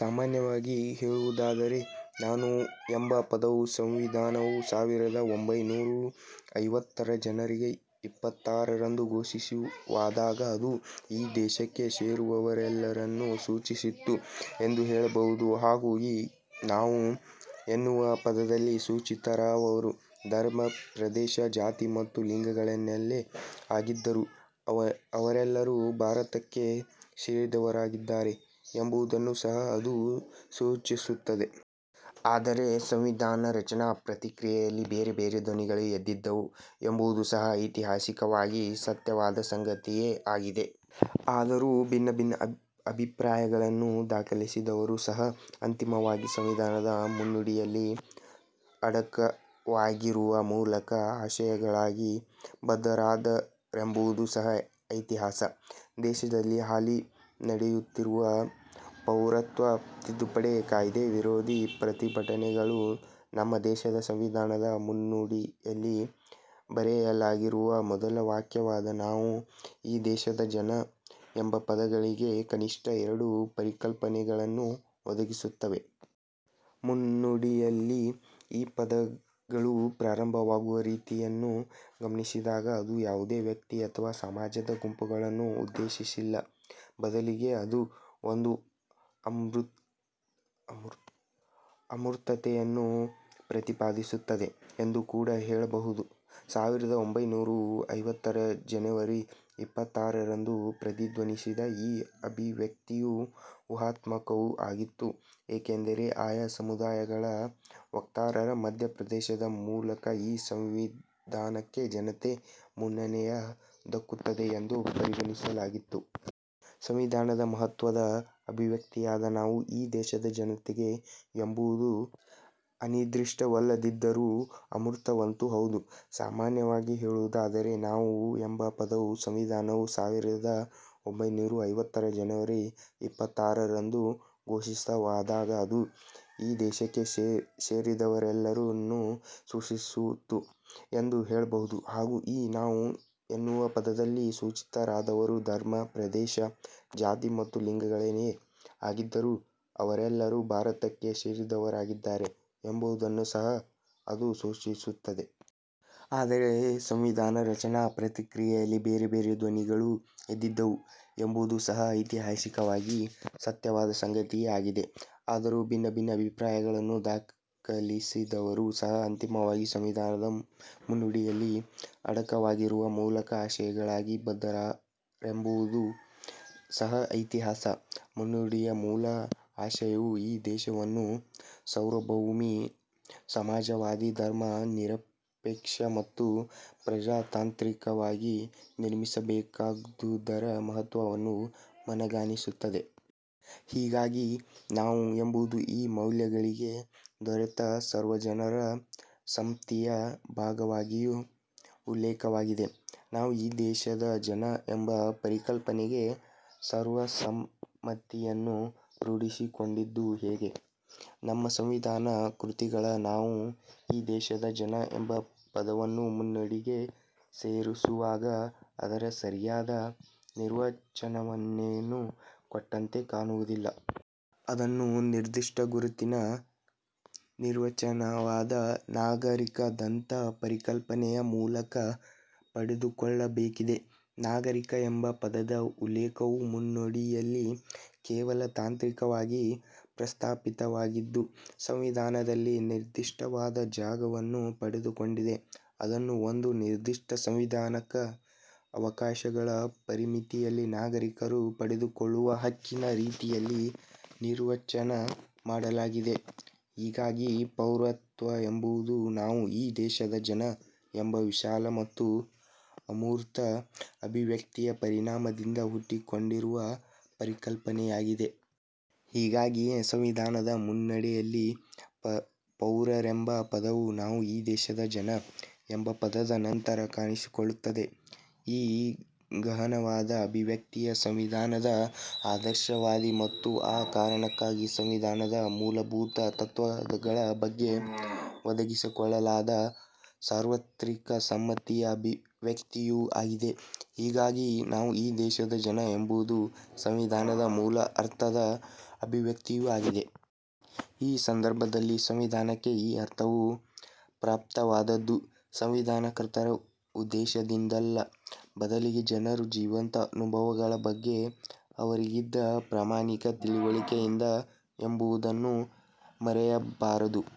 ಸಾಮಾನ್ಯವಾಗಿ ಹೇಳುವುದಾದರೆ 'ನಾವು' ಎಂಬ ಪದವು ಸಂವಿಧಾನವು ಸಾವಿರದ ಒಂಭೈನೂರ ಐವತ್ತರ ಜನವರಿ ಇಪ್ಪತ್ತಾರರಂದು ಘೋಷಿತವಾದಾಗ ಅದು ಈ ದೇಶಕ್ಕೆ ಸೇರಿದವರೆಲ್ಲರನ್ನೂ ಸೂಚಿಸಿತು ಎಂದು ಹೇಳಬಹುದು ಹಾಗೂ ಈ 'ನಾವು' ಎನ್ನುವ ಪದದಲ್ಲಿ ಸೂಚಿತರಾದವರ ಧರ್ಮ, ಪ್ರದೇಶ, ಜಾತಿ ಮತ್ತು ಲಿಂಗಗಳೇನೇ ಆಗಿದ್ದರೂ ಅವರೆಲ್ಲರೂ ಭಾರತಕ್ಕೆ ಸೇರಿದವರಾಗಿದ್ದಾರೆ ಎಂಬುದನ್ನೂ ಸಹ ಅದು ಸೂಚಿಸುತ್ತದೆ. ಆದರೆ ಸಂವಿಧಾನ ರಚನಾ ಪ್ರಕ್ರಿಯೆಯಲ್ಲಿ ಬೇರೆಬೇರೆ ಧ್ವನಿಗಳೂ ಎದ್ದಿದ್ದವು ಎಂಬುದೂ ಸಹ ಐತಿಹಾಸಿಕವಾಗಿ ಸತ್ಯವಾದ ಸಂಗತಿಯೇ ಆಗಿದೆ. ಆದರೂ ಭಿನ್ನಭಿನ್ನ ಅಭಿಪ್ರಾಯಗಳನ್ನು ದಾಖಲಿಸಿದವರೂ ಸಹ ಅಂತಿಮವಾಗಿ ಸಂವಿಧಾನದ ಮುನ್ನುಡಿಯಲ್ಲಿ ಅಡಕವಾಗಿರುವ ಮೂಲ ಆಶಯಗಳಾಗಿ ಬದ್ಧರಾದರೆಂಬುದೂ ಸಹ ಇತಿಹಾಸ. ದೇಶದಲ್ಲಿ ಹಾಲಿ ನಡೆಯುತ್ತಿರುವ ಪೌರತ್ವ ತಿದ್ದುಪಡಿ ಕಾಯ್ದೆ ವಿರೋಧಿ ಪ್ರತಿಭಟನೆಗಳು ನಮ್ಮ ದೇಶದ ಸಂವಿಧಾನದ ಮುನ್ನುಡಿಯಲ್ಲಿ ಬರೆಯಲಾಗಿರುವ ಮೊದಲ ವಾಕ್ಯವಾದ 'ನಾವು ಈ ದೇಶದ ಜನ' ಎಂಬ ಪದಗಳಿಗೆ ಕನಿಷ್ಠ ಎರಡು ಪರಿಕಲ್ಪನೆಗಳನ್ನು ಒದಗಿಸುತ್ತವೆ. ಮುನ್ನುಡಿಯಲ್ಲಿ ಈ ಪದಗಳು ಪ್ರಾರಂಭವಾಗುವ ರೀತಿಯನ್ನು ಗಮನಿಸಿದಾಗ ಅದು ಯಾವುದೇ ವ್ಯಕ್ತಿ ಅಥವಾ ಸಮಾಜದ ಗುಂಪುಗಳನ್ನು ಉದ್ದೇಶಿಸಿಲ್ಲ. ಬದಲಿಗೆ ಅದು ಒಂದು ಅಮೂರ್ತತೆಯನ್ನು ಪ್ರತಿಪಾದಿಸುತ್ತದೆ ಎಂದು ಕೂಡ ಹೇಳಬಹುದು. ಸಾವಿರದ ಒಂಭೈನೂರ ಐವತ್ತರ ಜನವರಿ ಇಪ್ಪತ್ತಾರರಂದು ಪ್ರತಿಧ್ವನಿಸಿದ ಈ ಅಭಿವ್ಯಕ್ತಿಯು ಊಹಾತ್ಮಕವೂ ಆಗಿತ್ತು. ಏಕೆಂದರೆ ಆಯಾ ಸಮುದಾಯಗಳ ವಕ್ತಾರರ ಮಧ್ಯಪ್ರವೇಶದ ಮೂಲಕ ಈ ಸಂವಿಧಾನಕ್ಕೆ ಜನತೆಯ ಮನ್ನಣೆಯು ದಕ್ಕುತ್ತದೆ ಎಂದು ಪರಿಗಣಿಸಲಾಗಿತ್ತು. ಸಂವಿಧಾನದ ಮಹತ್ವದ ಅಭಿವ್ಯಕ್ತಿಯಾದ 'ನಾವು ಈ ದೇಶದ ಜನತೆ' ಎಂಬುದು ಅನಿರ್ದಿಷ್ಟವಲ್ಲದಿದ್ದರೂ ಅಮೂರ್ತವಂತೂ ಹೌದು. ಸಾಮಾನ್ಯವಾಗಿ ಹೇಳುವುದಾದರೆ 'ನಾವು' ಎಂಬ ಪದವು ಸಂವಿಧಾನವು ಸಾವಿರದ ಒಂಭೈನೂರ ಐವತ್ತರ ಜನವರಿ ಇಪ್ಪತ್ತಾರರಂದು ಘೋಷಿತವಾದಾಗ ಅದು ಈ ದೇಶಕ್ಕೆ ಸೇರಿದವರೆಲ್ಲರನ್ನೂ ಸೂಚಿಸಿತು ಎಂದು ಹೇಳಬಹುದು ಹಾಗೂ ಈ 'ನಾವು' ಎನ್ನುವ ಪದದಲ್ಲಿ ಸೂಚಿತರಾದವರ ಧರ್ಮ, ಪ್ರದೇಶ, ಜಾತಿ ಮತ್ತು ಲಿಂಗಗಳೇನೇ ಆಗಿದ್ದರೂ ಅವರೆಲ್ಲರೂ ಭಾರತಕ್ಕೆ ಸೇರಿದವರಾಗಿದ್ದಾರೆ ಎಂಬುದನ್ನೂ ಸಹ ಅದು ಸೂಚಿಸುತ್ತದೆ. ಆದರೆ ಸಂವಿಧಾನ ರಚನಾ ಪ್ರಕ್ರಿಯೆಯಲ್ಲಿ ಬೇರೆಬೇರೆ ಧ್ವನಿಗಳೂ ಎದ್ದಿದ್ದವು ಎಂಬುದೂ ಸಹ ಐತಿಹಾಸಿಕವಾಗಿ ಸತ್ಯವಾದ ಸಂಗತಿಯೇ ಆಗಿದೆ. ಆದರೂ ಭಿನ್ನಭಿನ್ನ ಅಭಿಪ್ರಾಯಗಳನ್ನು ದಾಖಲಿಸಿದವರೂ ಸಹ ಅಂತಿಮವಾಗಿ ಸಂವಿಧಾನದ ಮುನ್ನುಡಿಯಲ್ಲಿ ಅಡಕವಾಗಿರುವ ಮೂಲ ಆಶಯಗಳಾಗಿ ಬದ್ಧರಾದರೆಂಬುದೂ ಸಹ ಇತಿಹಾಸ. ಮುನ್ನುಡಿಯ ಮೂಲ ಆಶಯವು ಈ ದೇಶವನ್ನು ಸಾರ್ವಭೌಮಿ, ಸಮಾಜವಾದಿ, ಧರ್ಮ ನಿರಪೇಕ್ಷ ಮತ್ತು ಪ್ರಜಾತಾಂತ್ರಿಕವಾಗಿ ನಿರ್ಮಿಸಬೇಕಾದುದರ ಮಹತ್ವವನ್ನು ಮನಗಾಣಿಸುತ್ತದೆ. ಹೀಗಾಗಿ 'ನಾವು' ಎಂಬುದು ಈ ಮೌಲ್ಯಗಳಿಗೆ ದೊರೆತ ಸರ್ವಜನರ ಸಮ್ಮತಿಯ ಭಾಗವಾಗಿಯೂ ಉಲ್ಲೇಖವಾಗಿದೆ. 'ನಾವು ಈ ದೇಶದ ಜನ' ಎಂಬ ಪರಿಕಲ್ಪನೆಗೆ ಸರ್ವಸಮ್ಮತಿಯನ್ನು ರೂಢಿಸಿಕೊಂಡಿದ್ದು ಹೀಗೆ. ನಮ್ಮ ಸಂವಿಧಾನ ಕರ್ತೃಗಳು 'ನಾವು ಈ ದೇಶದ ಜನ' ಎಂಬ ಪದವನ್ನು ಮುನ್ನುಡಿಗೆ ಸೇರಿಸುವಾಗ ಅದರ ಸರಿಯಾದ ನಿರ್ವಚನವನ್ನೇನೂ ಕೊಟ್ಟಂತೆ ಕಾಣುವುದಿಲ್ಲ. ಅದನ್ನು ನಿರ್ದಿಷ್ಟ ಗುರುತಿನ ನಿರ್ವಚನವಾದ 'ನಾಗರಿಕ'ದಂಥ ಪರಿಕಲ್ಪನೆಯ ಮೂಲಕ ಪಡೆದುಕೊಳ್ಳಬೇಕಿದೆ. 'ನಾಗರಿಕ' ಎಂಬ ಪದದ ಉಲ್ಲೇಖವು ಮುನ್ನುಡಿಯಲ್ಲಿ ಕೇವಲ ತಾಂತ್ರಿಕವಾಗಿ ಪ್ರಸ್ತಾಪಿತವಾಗಿದ್ದು ಸಂವಿಧಾನದಲ್ಲಿ ನಿರ್ದಿಷ್ಟವಾದ ಜಾಗವನ್ನು ಪಡೆದುಕೊಂಡಿದೆ. ಅದನ್ನು ಒಂದು ನಿರ್ದಿಷ್ಟ ಸಾಂವಿಧಾನಿಕ ಅವಕಾಶಗಳ ಪರಿಮಿತಿಯಲ್ಲಿ ನಾಗರಿಕರು ಪಡೆದುಕೊಳ್ಳುವ ಹಕ್ಕಿನ ರೀತಿಯಲ್ಲಿ ನಿರ್ವಚನ ಮಾಡಲಾಗಿದೆ. ಹೀಗಾಗಿ ಪೌರತ್ವವೆಂಬುದು ''ನಾವು ಈ ದೇಶದ ಜನ'' ಎಂಬ ವಿಶಾಲ ಮತ್ತು ಅಮೂರ್ತ ಅಭಿವ್ಯಕ್ತಿಯ ಪರಿಣಾಮದಿಂದ ಹುಟ್ಟಿಕೊಂಡಿರುವ ಪರಿಕಲ್ಪನೆಯಾಗಿದೆ. ಹೀಗಾಗಿಯೇ ಸಂವಿಧಾನದ ಮುನ್ನುಡಿಯಲ್ಲಿ ಪೌರರೆಂಬ ಪದವು ''ನಾವು ಈ ದೇಶದ ಜನ'' ಎಂಬ ಪದದ ನಂತರ ಕಾಣಿಸಿಕೊಳ್ಳುತ್ತದೆ. ಈ ಗಹನವಾದ ಅಭಿವ್ಯಕ್ತಿಯು ಸಂವಿಧಾನದ ಆದರ್ಶವಾದಿ ಮತ್ತು ಆ ಕಾರಣಕ್ಕಾಗಿ ಸಂವಿಧಾನದ ಮೂಲಭೂತ ತತ್ವಗಳ ಬಗ್ಗೆ ಒದಗಿಸಿಕೊಳ್ಳಲಾದ ಸಾರ್ವತ್ರಿಕ ಸಮ್ಮತಿಯ ಅಭಿವ್ಯಕ್ತಿಯೂ ಆಗಿದೆ. ಹೀಗಾಗಿ ''ನಾವು ಈ ದೇಶದ ಜನ'' ಎಂಬುದು ಸಂವಿಧಾನದ ಮೂಲ ಅರ್ಥದ ಅಭಿವ್ಯಕ್ತಿಯೂ ಆಗಿದೆ. ಈ ಸಂದರ್ಭದಲ್ಲಿ ಸಂವಿಧಾನಕ್ಕೆ ಈ ಅರ್ಥವು ಪ್ರಾಪ್ತವಾದದ್ದು ಸಂವಿಧಾನ ಕರ್ತರ ಉದ್ದೇಶದಿಂದಲ್ಲ, ಬದಲಿಗೆ ಜನರ ಜೀವಂತ ಅನುಭವಗಳ ಬಗ್ಗೆ ಅವರಿಗಿದ್ದ ಪ್ರಾಮಾಣಿಕ ತಿಳಿವಳಿಕೆಯಿಂದ ಎಂಬುದನ್ನು ಮರೆಯಬಾರದು.